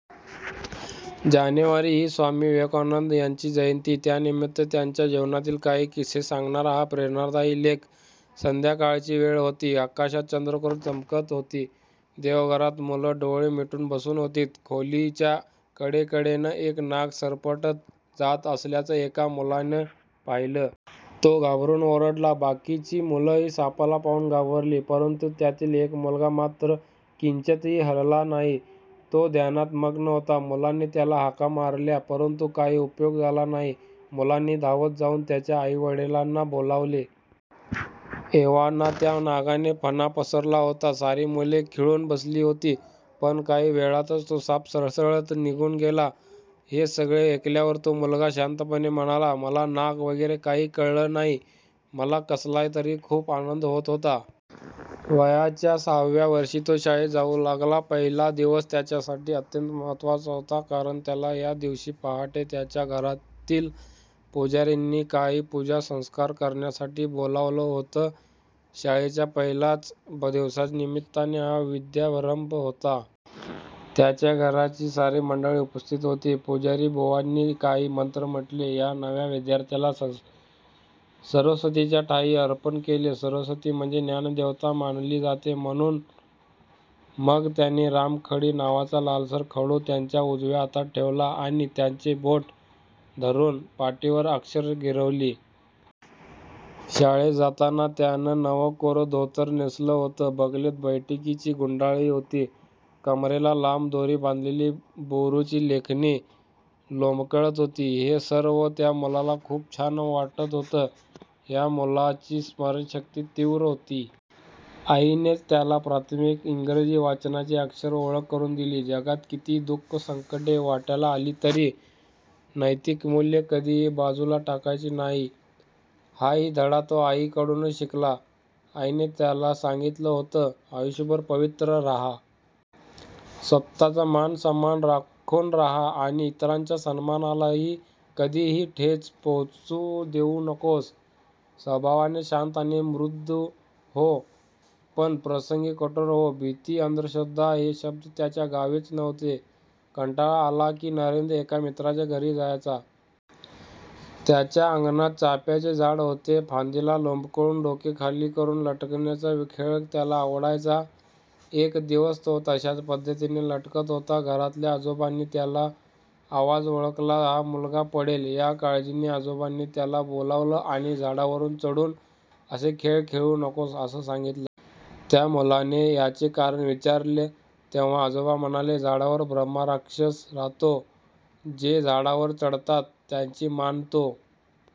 जानेवारी ही स्वामी विवेकानंद यांची जयंती. त्यानिमित्त त्यांच्या जीवनातील काही किस्से सांगणारा हा प्रेरणादायी लेख- संध्याकाळची वेळ होती. आकाशात चंद्रकोर चमकत होती. देवघरात मुलं डोळे मिटून बसून होती. खोलीच्या कडेकडेनं एक नाग सरपटत जात असल्याचं एका मुलाने पाहिलं. तो घाबरून ओरडला. बाकीची मुलंही सापाला पाहून घाबरली. परंतु त्यातील एक मुलगा मात्र किंचितही हलला नाही. तो ध्यानात मग्न होता. मुलांनी त्याला हाका मारल्या. परंतु काही उपयोग झाला नाही. मुलांनी धावत जाऊन त्याच्या आई-वडिलांना बोलावले. एव्हाना त्या नागाने फणा पसरला होता. सारी मुले खिळून बसली होती. पण काही वेळातच तो साप सळसळत निघून गेला. हे सगळे ऐकल्यावर तो मुलगा शांतपणे म्हणाला, "मला नाग वगैरे काही कळलं नाही. मला कसला तरी खूप आनंद होत होता. " वयाच्या सहाव्या वर्षी तो शाळेत जाऊ लागला. पहिला दिवस त्याच्यासाठी अत्यंत महत्त्वाचा होता. कारण त्याला या दिवशी पहाटे त्याच्या घरातील पुजारींनी काही पूजा, संस्कार करण्यासाठी बोलावलं होतं. शाळेच्या पहिल्याच दिवसाच्या निमित्ताने हा विद्यारंभ होता. त्याची घरची सारी मंडळी उपस्थित होती. पुजारीबुवांनी काही मंत्र म्हटले. या नव्या विद्यार्थ्याला सरस्वतीच्या ठायी अर्पण केले. सरस्वती म्हणजे ज्ञानदेवता मानली जाते म्हणून! मग त्यांनी 'रामखडी' नावाचा लालसर खडू त्याच्या उजव्या हातात ठेवला आणि त्याचे बोट धरून पाटीवर अक्षरं गिरविली. शाळेत जाताना त्यानं नवं कोरं धोतर नेसलं होतं. बगलेत बैठकीची गुंडाळी होती. कमरेला लांब दोरी बांधलेली बोरूची लेखणी लोंबकळत होती. हे सर्व त्या मुलाला खूप छान वाटत होतं. या मुलाची स्मरणशक्ती तीव्र होती. आईनेच त्याला प्राथमिक इंग्रजी वाचनाची अक्षरओळख करून दिली. जगात कितीही दु:ख, संकटे वाट्याला आली तरी नैतिक मूल्यं कधीही बाजूला टाकायची नाहीत, हाही धडा तो आईकडूनच शिकला. आईने त्याला सांगितले होतं, 'आयुष्यभर पवित्र राहा. स्वत:चा सन्मान राखून राहा आणि इतरांच्या सन्मानालाही कधी ठेच पोहोचू देऊ नकोस. स्वभावाने शांत आणि मृदू हो. पण प्रसंगी कठोर हो. ' भीती, अंधश्रद्धा हे शब्द त्याच्या गावीच नव्हते. कंटाळा आला की, नरेंद्र एका मित्राच्या घरी जायचा. त्याच्या अंगणात चाफ्याचे झाड होते. फांदीला लोंबकळून डोके खाली करून लटकण्याचा खेळ त्याला आवडायचा. एक दिवस तो तशाच पद्धतीने लटकत होता. घरातल्या आजोबांनी त्याचा आवाज ओळखला. हा मुलगा पडेल, या काळजीने आजोबांनी त्याला बोलावलं आणि 'झाडावर चढून असे खेळ खेळू नकोस' असं सांगितलं. त्या मुलाने याचे कारण विचारलं. तेव्हा आजोबा म्हणाले, "झाडावर ब्रह्मराक्षस राहतो. जे झाडावर चढतात त्यांची मान तो